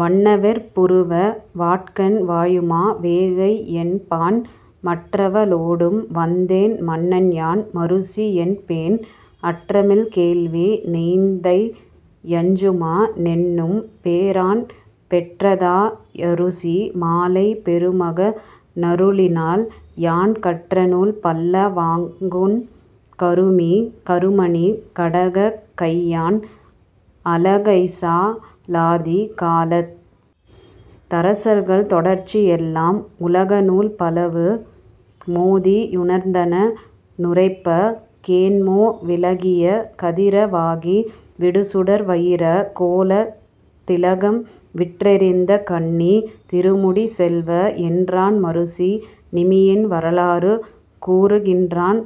வண்ணவிற் புருவ வாட்கண் வாயுமா வேகை யென்பான் மற்றவ ளோடும் வந்தேன் மன்னன்யான் மருசி யென்பேன் அற்றமில் கேள்வி யெந்தை யஞ்சுமா னென்னும் பேரான் பெற்றதா யருசி மாலை பெருமக னருளினால் யான் கற்றநூல் பல்ல வாகுங் கருமணிக் கடகக் கையான் அலகைசா லாதி காலத் தரசர்கள் தொடர்ச்சி யெல்லாம் உலகநூல் பலவு மோதி யுணர்ந்தன னுரைப்பக் கேண்மோ விலகிய கதிர வாகி விடுசுடர் வயிரக் கோலத் திலகம்வீற் றிருந்த கண்ணித் திருமுடிச் செல்வ என்றான் மருசி நமியின் வரலாறு கூறுகின்றான்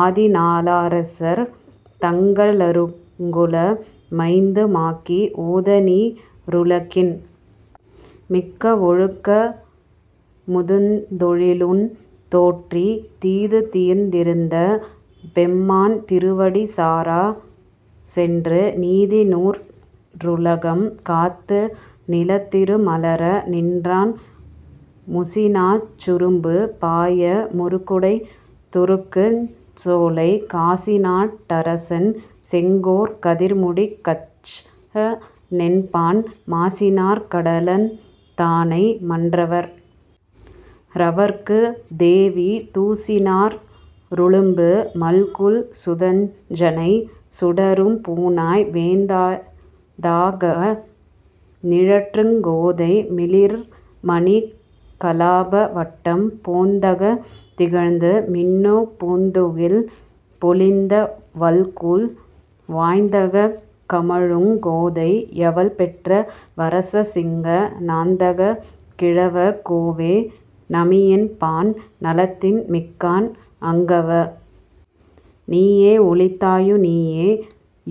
ஆதிநா ளரசர் தங்க ளருங்குல மைந்து மாக்கி ஓதநீ ருலகின் மிக்க வொழுக்கமுந் தொழிலுந் தோற்றித் தீதுதீர்ந் திருந்த பெம்மான் திருவடி சாரச் சென்று நீதி நூற் றுலகம் காத்து நிலத்திரு மலர நின்றான் முசிநாச் சுரும்பு பாய முருகுடைத் துருக்குஞ் சோலைக் காசிநாட் டரசன் செங்கோற் கதிர்முடிக் கச்ச னென்பான் மாசினாற் கடலந் தானை மன்னவற் றவற்குத் தேவி தூசினாற் றுளும்பு மல்குல் சுதஞ்சனை சுடரும் பூணாய் வேய்ந்தக நிழற்றுங் கோதை மிளிர்மணிக் கலாப வட்டம் போந்தகந் திகழ்ந்து மின்னுப் பூந்துகில் பொலிந்த வல்குல் வாய்ந்தகங் கமழுங் கோதை யவள்பெற்ற வரச சிங்க நாந்தகக் கிழவர் கோவே நமியென்பான் நலத்தின் மிக்கான் அங்கவ நீயே ஒளித்தாயு நீயே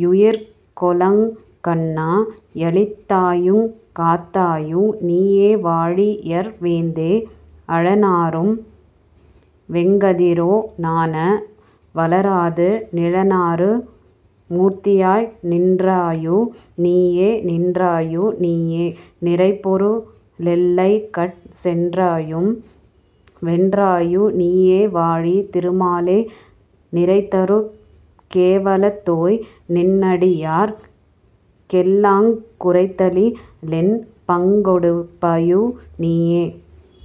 யுயிர்க்கெலாங் கண்ணா யளித்தாயுங் காத்தாயு நீயேவாழி யறவேந்தே அழனாறும் வெங்கதிரோ னாண வலராது நிழனாறு மூர்த்தியாய் நின்றாயு நீயே நின்றாயு நீயே நிறைபொரு ளெல்லைக்கட் சென்றாயும் வென்றாயு நீயேவாழி திருமாலே நிறைதரு கேவலத்தோய் நின்னடியார்க் கெல்லாங் குறைதலி லின்பங் கொடுப்பயு நீயே